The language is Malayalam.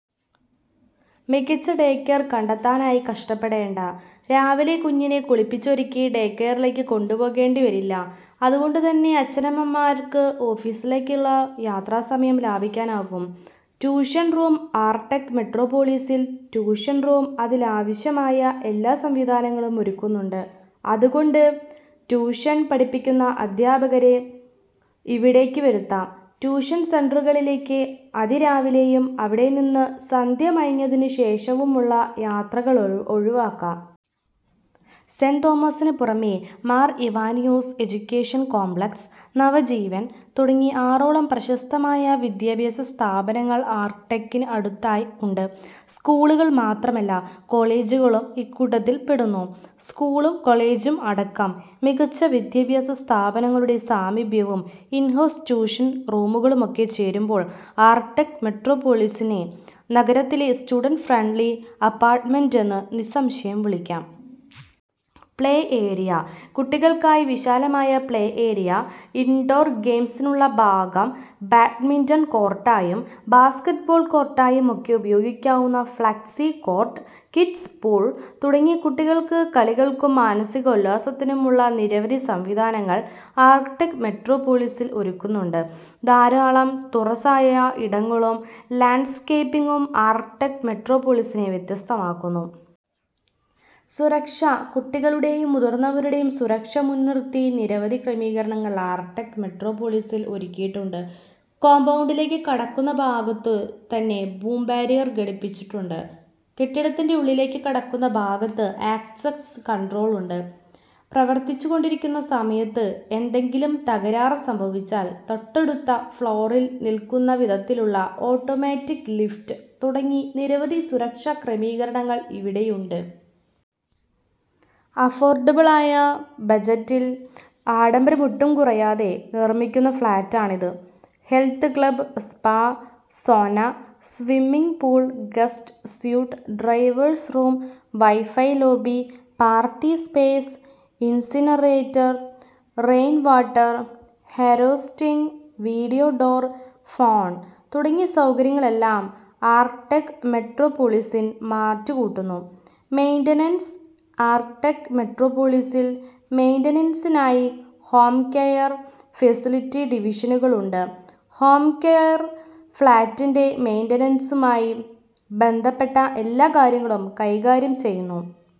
മികച്ച ഡേകെയര് കണ്ടെത്താനായി കഷ്ടപ്പെടേണ്ട. രാവിലെ കുഞ്ഞിനെ കുളിപ്പിച്ചൊരുക്കി ഡേകെയറിലേക്ക് കൊണ്ടുപോകേണ്ടി വരില്ല. അതുകൊണ്ടുതന്നെ അച്ഛനമ്മമാര്ക്ക് ഓഫീസിലേക്കുള്ള യാത്രാസമയം ലാഭിക്കാനാകും. ട്യൂഷന് റൂം ആര്ടെക് മെട്രോപൊളിസില് ട്യൂഷന് റൂമും അതിലാവശ്യമായ എല്ലാ സംവിധാനങ്ങളും ഒരുക്കുന്നുണ്ട്. അതുകൊണ്ട് ട്യൂഷന് പഠിപ്പിക്കുന്ന അധ്യാപകരെ ഇവിടേക്ക് വരുത്താം. ട്യൂഷന് സെന്ററുകളിലേക്ക് അതിരാവിലെയും അവിടെ നിന്ന് സന്ധ്യമയങ്ങിയതിനു ശേഷവുമുള്ള യാത്രകള് ഒഴിവാക്കാം. സെന്റ് തോമസിനു പുറമേ മാര് ഇവാനിയോസ് എഡ്യൂക്കേഷന് കോംപ്ലക്സ്, നവജീവന് തുടങ്ങി ആറോളം പ്രശസ്തമായ വിദ്യാഭ്യാസ സ്ഥാപനങ്ങള് ആര്ട്ടെക്കിന് അടുത്തായി ഉണ്ട്. സ്കൂളുകള് മാത്രമല്ല കോളെജുകളും ഇക്കൂട്ടത്തില് പെടുന്നു. സ്കൂളും കോളെജും അടക്കം മികച്ച വിദ്യാഭ്യാസ സ്ഥാപനങ്ങളുടെ സാമീപ്യവും ഇന്ഹൗസ് ട്യൂഷന് റൂമുകളുമൊക്കെ ചേരുമ്പോള് ആര്െടക് മെട്രോപൊളിസിനെ നഗരത്തിലെ സ്റ്റുഡന്റ് ഫ്രണ്ട്ലി അപ്പാര്ട്ട്മെന്റ് എന്നു നിസംശയം വിളിക്കാം. പ്ലേ ഏരിയ കുട്ടികള്ക്കായി വിശാലമായ പ്ലേ ഏരിയ, ഇന്ഡോര് ഗെയിംസിനുള്ള ഭാഗം, ബാഡ്മിന്റണ് കോര്ട്ടായും ബാസ്കറ്റ് ബോള് കോര്ട്ടായും ഒക്കെ ഉപയോഗിക്കാവുന്ന ഫ്ളെക്സി കോര്ട്ട്, കിഡ്സ് പൂള് തുടങ്ങി കുട്ടികള്ക്ക് കളികള്ക്കും മാനസികോല്ലാസത്തിനുമുള്ള നിരവധി സംവിധാനങ്ങള് ആര്ടെക് മെട്രോപൊളിസില് ഒരുക്കുന്നുണ്ട്. ധാരാളം തുറസായ ഇടങ്ങളും ലാന്ഡ്സ്കേപ്പിംഗും ആര്ടെക് മൊട്രോപോളിസിനെ വ്യത്യസ്തമാക്കുന്നു. സുരക്ഷ കുട്ടികളുടെയും മുതിര്ന്നവരുടെയും സുരക്ഷ മുന്നിര്ത്തി നിരവധി ക്രമീകരണങ്ങള് ആര്ടെക് മെട്രോപൊളിസില് ഒരുക്കിയിട്ടുണ്ട്. കോംപൗണ്ടിലേക്ക് കടക്കുന്ന ഭാഗത്തു തന്നെ ബൂം ബാരിയര് ഘടിപ്പിച്ചിട്ടുണ്ട്. കെട്ടിടത്തിന്റെ ഉള്ളിലേക്ക് കടക്കുന്ന ഭാഗത്ത് ആക്സസ് കണ്ട്രോള് ഉണ്ട്. പ്രവര്ത്തിച്ചുകൊണ്ടിരിക്കുന്ന സമയത്ത് എന്തെങ്കിലും തകരാറ് സംഭവിച്ചാല്, തൊട്ടടുത്ത ഫ്ളോറില് നില്ക്കുന്ന വിധത്തിലുള്ള ഓട്ടോമാറ്റിക് ലിഫ്റ്റ് തുടങ്ങി നിരവധി സുരക്ഷാക്രമീകരണങ്ങള് ഇവിടെയുണ്ട്. അഫോര്ഡബിളായ ബജറ്റില് ആഡംബരമൊട്ടും കുറയാതെ നിര്മിക്കുന്ന ഫ്ളാറ്റാണിത്. Health club, spa, sauna, swimming pool, guest suite, drivers room, wifi lobby, party space, incinerator, rain water harvesting, video door phone തുടങ്ങിയ സൗകര്യങ്ങളെല്ലാം ആര്ടെക് മെട്രോപൊളിസിന് മാറ്റ് കൂട്ടുന്നു. മെയ്ന്റനന്സ് ആര്ടെക് മെട്രോപൊളിസില് മെയ്ന്റനന്സിനായി ഹോം കെയര്, ഫെസിലിറ്റി ഡിവിഷനുകളുണ്ട്. ഹോം കെയറില് ഫ്ളാറ്റിന്റെ മെയ്ന്റനന്സുമായി ബന്ധപ്പെട്ട എല്ലാ കാര്യങ്ങളും കൈകാര്യം ചെയ്യുന്നു.